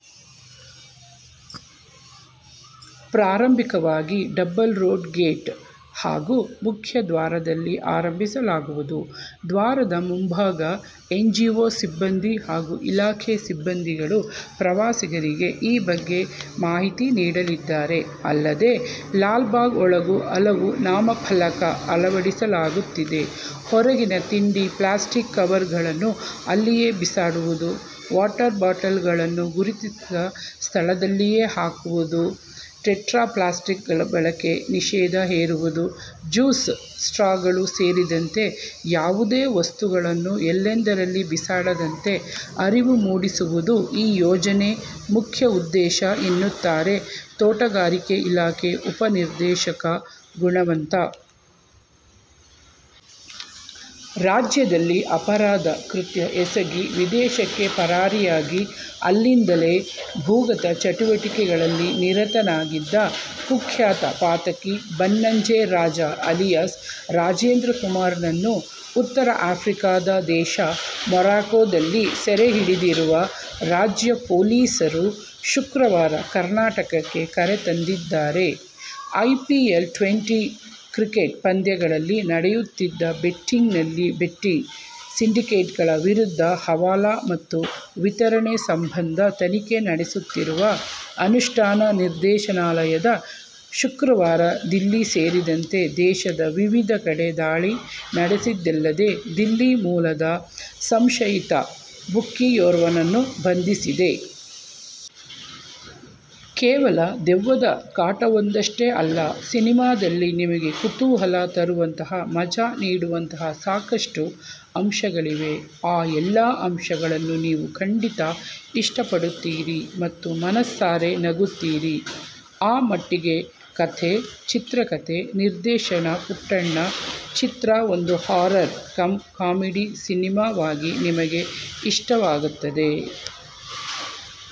ಪ್ರಾಯೋಗಿಕವಾಗಿ double road gate ಹಾಗೂ ಮುಖ್ಯ ದ್ವಾರದಲ್ಲಿ ಆರಂಭಿಸಲಾಗುವುದು. ದ್ವಾರದ ಮುಂಭಾಗ ಎನ್ಜಿಒ ಸಿಬ್ಬಂದಿ ಹಾಗೂ ಇಲಾಖೆ ಸಿಬ್ಬಂದಿಗಳು ಪ್ರವಾಸಿಗರಿಗೆ ಈ ಬಗ್ಗೆ ಮಾಹಿತಿ ನೀಡಲಿದ್ದಾರೆ. ಅಲ್ಲದೇ, ಲಾಲ್ಬಾಗ್ ಒಳಗೂ ಹಲವು ನಾಮಫಲಕ ಅಳವಡಿಸಲಾಗುತ್ತಿದೆ. ಹೊರಗಿನ ತಿಂಡಿ ಪ್ಲಾಸ್ಟಿಕ್ ಕವರ್ಗಳನ್ನು ಅಲ್ಲಿಯೇ ಬಿಸಾಡುವುದು, ವಾಟರ್ ಬಾಟಲ್ಗಳನ್ನು ಗುರುತಿಸಿದ ಸ್ಥಳದಲ್ಲಿಯೇ ಹಾಕುವುದು, ಟೆಟ್ರಾಪ್ಯಾಕ್ಗಳ ಬಳಕೆಗೆ ನಿಷೇಧ ಹೇರುವುದು, ಜ್ಯೂಸ್ ಸ್ಟ್ರಾಗಳು ಸೇರಿದಂತೆ ಯಾವುದೇ ವಸ್ತುಗಳನ್ನು ಎಲ್ಲೆಂದರಲ್ಲಿ ಬಿಸಾಡದಂತೆ ಅರಿವು ಮೂಡಿಸುವುದು ಈ ಯೋಜನೆ ಮುಖ್ಯ ಉದ್ದೇಶ ಎನ್ನುತ್ತಾರೆ ತೋಟಗಾರಿಕೆ ಇಲಾಖೆ ಉಪನಿರ್ದೇಶಕ ಗುಣವಂತ. ರಾಜ್ಯದಲ್ಲಿ ಅಪರಾಧ ಕೃತ್ಯ ಎಸಗಿ ವಿದೇಶಕ್ಕೆ ಪರಾರಿಯಾಗಿ ಅಲ್ಲಿಂದಲೇ ಭೂಗತ ಚಟುವಟಿಕೆಗಳಲ್ಲಿ ನಿರತನಾಗಿದ್ದ ಕುಖ್ಯಾತ ಪಾತಕಿ ಬನ್ನಂಜೆ ರಾಜ ಅಲಿಯಾಸ್ ರಾಜೇಂದ್ರಕುಮಾರ್ನನ್ನು ಉತ್ತರ ಆಫ್ರಿಕಾದ ದೇಶ ಮೊರಕ್ಕೋದಲ್ಲಿ ಸೆರೆ ಹಿಡಿದಿರುವ ರಾಜ್ಯ ಪೊಲೀಸರು, ಶುಕ್ರವಾರ ಕರ್ನಾಟಕಕ್ಕೆ ಕರೆದುತಂದಿದ್ದಾರೆ. ಐಪಿಎಲ್ ಟ್ವೆಂಟಿ ಕ್ರಿಕೆಟ್ ಪಂದ್ಯಗಳಲ್ಲಿ ನಡೆಯುತ್ತಿದ್ದ ಬೆಟ್ಟಿಂಗ್ನಲ್ಲಿ ಬೆಟ್ಟಿಂಗ್ ಸಿಂಡಿಕೇಟ್ಗಳ ವಿರುದ್ಧ ಹವಾಲಾ ಮತ್ತು ವಿತರಣೆ ಸಂಬಂಧ ತನಿಖೆ ನಡೆಸುತ್ತಿರುವ ಅನುಷ್ಠಾನ ನಿರ್ದೇಶನಾಲಯ ಶುಕ್ರವಾರ ದಿಲ್ಲಿ ಸೇರಿದಂತೆ ದೇಶದ ವಿವಿಧ ಕಡೆ ದಾಳಿ ನಡೆಸಿತಲ್ಲದೇ ದಿಲ್ಲಿ ಮೂಲದ ಸಂಶಯಿತ ಬುಕ್ಕಿಯೋರ್ವನನ್ನು ಬಂಧಿಸಿದೆ. ಕೇವಲ ದೆವ್ವದ ಕಾಟವೊಂದಷ್ಟೇ ಅಲ್ಲ, ಸಿನಿಮಾದಲ್ಲಿ ನಿಮಗೆ ಕುತೂಹಲ ತರುವಂತಹ, ಮಜಾ ನೀಡುವಂತಹ ಸಾಕಷ್ಟು ಅಂಶಗಳಿವೆ. ಆ ಎಲ್ಲಾ ಅಂಶಗಳನ್ನು ನೀವು ಖಂಡಿತಾ ಇಷ್ಟಪಡುತ್ತೀರಿ ಮತ್ತು ಮನಸ್ಸಾರೆ ನಗುತ್ತೀರಿ. ಆ ಮಟ್ಟಿಗೆ "ಕಥೆ ಚಿತ್ರಕಥೆ ನಿರ್ದೇಶನ ಪುಟ್ಟಣ್ಣ' ಚಿತ್ರ ಒಂದು ಹಾರರ್ ಕಂ ಕಾಮಿಡಿ ಸಿನಿಮಾವಾಗಿ ನಿಮಗೆ ಇಷ್ಟವಾಗುತ್ತದೆ.